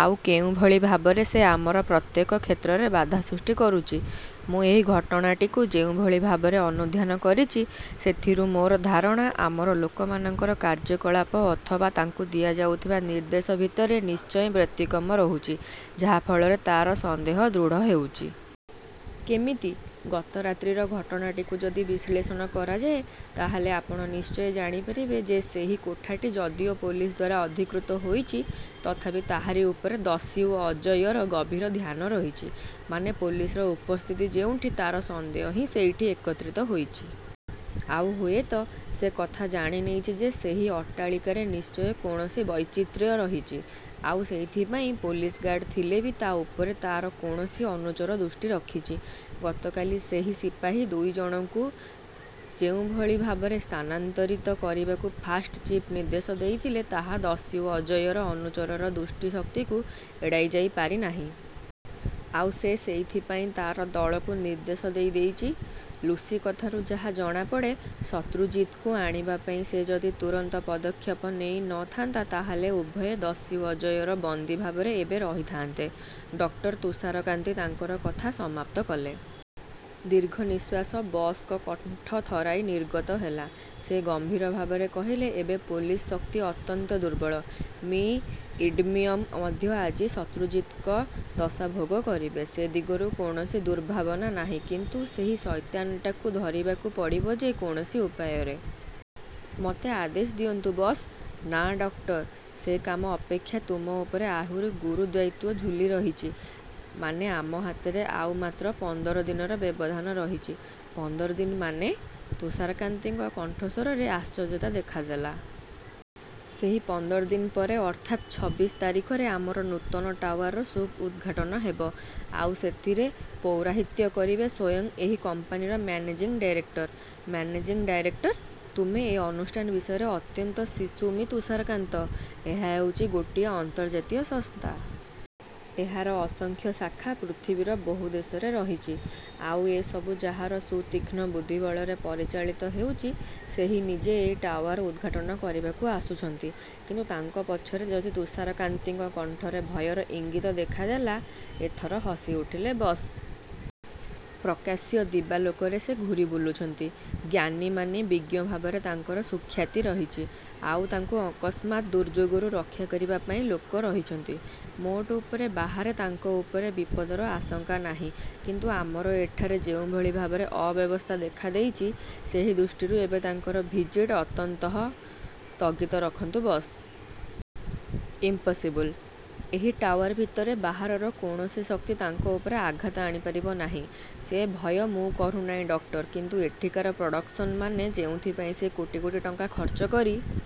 ଆଉ କେଉଁଭଳି ଭାବରେ ସେ ଆମର ପ୍ରତ୍ୟେକ କ୍ଷେତ୍ରରେ ବାଧା ସୃଷ୍ଟି କରୁଛି। ମୁଁ ଏହି ଘଟଣାଟିକୁ ଯେଉଁଭଳି ଭାବରେ ଅନୁଧ୍ୟାନ କରିଛି ସେଥିରୁ ମୋର ଧାରଣା ଆମର ଲୋକମାନଙ୍କର କାର୍ଯ୍ୟକଳାପ ଅଥବା ତାଙ୍କୁ ଦିଆଯାଉଥିବା ନିର୍ଦ୍ଦେଶ ଭିତରେ ନିଶ୍ଚୟ ବ୍ୟତିକ୍ରମ ରହୁଛି ଯାହା ଫଳରେ ତା’ର ସନ୍ଦେହ ଦୃଢ଼ ହେଉଛି। କେମିତି? ଗତରାତ୍ରିର ଘଟଣାଟିକୁ ଯଦି ବିଶ୍ଳେଷଣ କରାଯାଏ ତା’ ହେଲେ ଆପଣ ନିଶ୍ଚୟ ଜାଣିପାରିବେ ଯେ ସେହି କୋଠାଟି ଯଦିଓ ପୋଲିସ ଦ୍ୱାରା ଅଧିକୃତ ହୋଇଛି ତଥାପି ତାହାରି ଉପରେ ଦସ୍ୟୁ ଅଜୟର ଗଭୀର ଧ୍ୟାନ ରହିଛି। ମାନେ ପୋଲିସର ଉପସ୍ଥିତି ଯେଉଁଠି ତା’ର ସନ୍ଦେହ ହିଁ ସେଇଠି ଏକତ୍ରିତ ହୋଇଛି। ଆଉ ହୁଏତ ସେ କଥା ଜାଣିନେଇଛି ଯେ ସେହି ଅଟ୍ଟାଳିକାରେ ନିଶ୍ଚୟ କୌଣସି ବୈଚିତ୍ର୍ୟ ରହିଛି। ଆଉ ସେଇଥିପାଇଁ ପୋଲିସ ଗାର୍ଡ ଥିଲେ ବି ତା’ ଉପରେ ତା’ର କୌଣସି ଅନୁଚର ଦୃଷ୍ଟି ରଖିଛି। ଗତକାଲି ସେହି ସିପାହୀ ଦୁଇ ଜଣଙ୍କୁ ଯେଉଁଭଳି ଭାବରେ ସ୍ଥାନାନ୍ତରିତ କରିବାକୁ ଫାଷ୍ଟ ଚିଫ୍ ନିର୍ଦ୍ଦେଶ ଦେଇଥିଲେ ତାହା ଦସ୍ୟୁ ଅଜୟର ଅନୁଚରର ଦୃଷ୍ଟିଶକ୍ତିକୁ ଏଡ଼ାଇ ଯାଇ ପାରି ନାହିଁ। ଆଉ ସେ ସେଇଥିପାଇଁ ତା’ର ଦଳକୁ ନିର୍ଦ୍ଦେଶ ଦେଇ ଦେଇଛି। ଲୁସି କଥାରୁ ଯାହା ଜଣାପଡ଼େ ଶତ୍ରୁଜିତ୍‌ଙ୍କୁ ଆଣିବା ପାଇଁ ସେ ଯଦି ତୁରନ୍ତ ପଦକ୍ଷେପ ନେଇ ନ ଥାନ୍ତା ତା’ ହେଲେ ଉଭୟେ ଦସ୍ୟୁ ଅଜୟର ବନ୍ଦୀ ଭାବରେ ଏବେ ରହିଥାଆନ୍ତେ। ଡକ୍ଟର ତୁଷାରକାନ୍ତି ତାଙ୍କର କଥା ସମାପ୍ତ କଲେ। ଦୀର୍ଘନିଶ୍ୱାସ ବସ୍‌ଙ୍କ କଣ୍ଠ ଥରାଇ ନିର୍ଗତ ହେଲା। ସେ ଗମ୍ବୀର ଭାବରେ କହିଲେ ଏବେ ପୋଲିସ ଶକ୍ତି ଅତ୍ୟନ୍ତ ଦୁର୍ବଳ। ମି ଇଡମ୍ବିଏନ୍ ମଧ୍ୟ ଆଜି ଶତ୍ରୁଜିତ୍‌ଙ୍କ ଦଶା ଭୋଗ କରିବେ। ସେ ଦିଗରୁ କୌଣସି ଦୁର୍ଭାବନା ନାହିଁ କିନ୍ତୁ ସେହି ସୈତାନଟାକୁ ଧରିବାକୁ ପଡ଼ିବ ଯେ କୌଣସି ଉପାୟରେ। ମୋତେ ଆଦେଶ ଦିଅନ୍ତୁ ବସ୍। ନାଃ ଡକ୍ଟର। ସେ କାମ ଅପେକ୍ଷା ତୁମ ଉପରେ ଆହୁରି ଗୁରୁ ଦାୟିତ୍ୱ ଝୁଲି ରହିଛି। ମାନେ ଆମ ହାତରେ ଆଉ ମାତ୍ର ପନ୍ଦର ଦିନର ବ୍ୟବଧାନ ରହିଛି। ପନ୍ଦର ଦିନ ମାନେ? ତୁଷାରକାନ୍ତିଙ୍କ କଣ୍ଠସ୍ୱରରେ ଆଶ୍ଚର୍ଯ୍ୟତା ଦେଖା ଦେଲା। ସେହି ପନ୍ଦର ଦିନ ପରେ ଅର୍ଥାତ୍ ଛବିଶ ତାରିଖରେ ଆମର ନୂତନ ଟାୱାରର ଶୁଭ ଉଦ୍‌ଘାଟନ ହେବ। ଆଉ ସେଥିରେ ପୌରୋହିତ୍ୟ କରିବେ ସ୍ୱୟଂ ଏହି କମ୍ପାନୀର ମ୍ୟାନେଜିଂ ଡାଇରେକ୍ଟର। Managing director! ତୁମେ ଏ ଅନୁଷ୍ଠାନ ବିଷୟରେ ଅତ୍ୟନ୍ତ ଶିଶୁ ମି ତୁଷାରକାନ୍ତି। ଏହା ହେଉଛି ଗୋଟିଏ ଆନ୍ତର୍ଜାତୀୟ ସଂସ୍ଥା। ଏହାର ଅସଂଖ୍ୟ ଶାଖା ପୃଥିବୀର ବହୁ ଦେଶରେ ରହିଛି। ଆଉ ଏ ସବୁ ଯାହାର ସୁତୀକ୍ଷ୍ଣ ବୁଦ୍ଧିବଳରେ ପରିଚାଳିତ ହେଉଛି ସେହି ନିଜେ ଏହି ଟାୱାର୍ ଉଦ୍‌ଘାଟନ କରିବାକୁ ଆସୁଛନ୍ତି। କିନ୍ତୁ ତାଙ୍କ ପଛରେ ଯଦି ତୁଷାରକାନ୍ତିଙ୍କ କଣ୍ଠରେ ଭୟର ଇଙ୍ଗିତ ଦେଖା ଦେଲା। ଏ ଥର ହସିଉଠିଲେ ବସ୍। ପ୍ରକାଶ୍ୟ ଦିବାଲୋକରେ ସେ ଘୂରି ବୁଲୁଛନ୍ତି। ଜ୍ଞାନୀ ମାନୀ ବିଜ୍ଞ ଭାବରେ ତାଙ୍କର ସୁଖ୍ୟାତି ରହିଛି। ଆଉ ତାଙ୍କୁ ଅକସ୍ମାତ୍ ଦୁର୍ଯୋଗରୁ ରକ୍ଷା କରିବା ପାଇଁ ଲୋକ ରହିଛନ୍ତି। ମୋଟ ଉପରେ ବାହାରେ ତାଙ୍କ ଉପରେ ବିପଦର ଆଶଙ୍କା ନାହିଁ କିନ୍ତୁ ଆମର ଏଠାରେ ଯେଉଁଭଳି ଭାବରେ ଅବ୍ୟବସ୍ଥା ଦେଖା ଦେଇଛି ସେହି ଦୃଷ୍ଟିରୁ ଏବେ ତାଙ୍କର ଭିଜିଟ୍ ଅନ୍ତତଃ ସ୍ଥଗିତ ରଖନ୍ତୁ ବସ୍। ଇମ୍ପସିବଲ୍। ଏହି ଟାୱାର୍ ଭିତରେ ବାହାରର କୌଣସି ଶକ୍ତି ତାଙ୍କ ଉପରେ ଆଘାତ ଆଣିପାରିବ ନାହିଁ। ସେ ଭୟ ମୁଁ କରୁ ନାହିଁ ଡକ୍ଟର କିନ୍ତୁ ଏଠିକାର ପ୍ରଡକ୍ସନ୍ ମାନେ ଯେଉଁଥିପାଇଁ ସେ କୋଟି କୋଟି ଟଙ୍କା ଖର୍ଚ୍ଚ କରି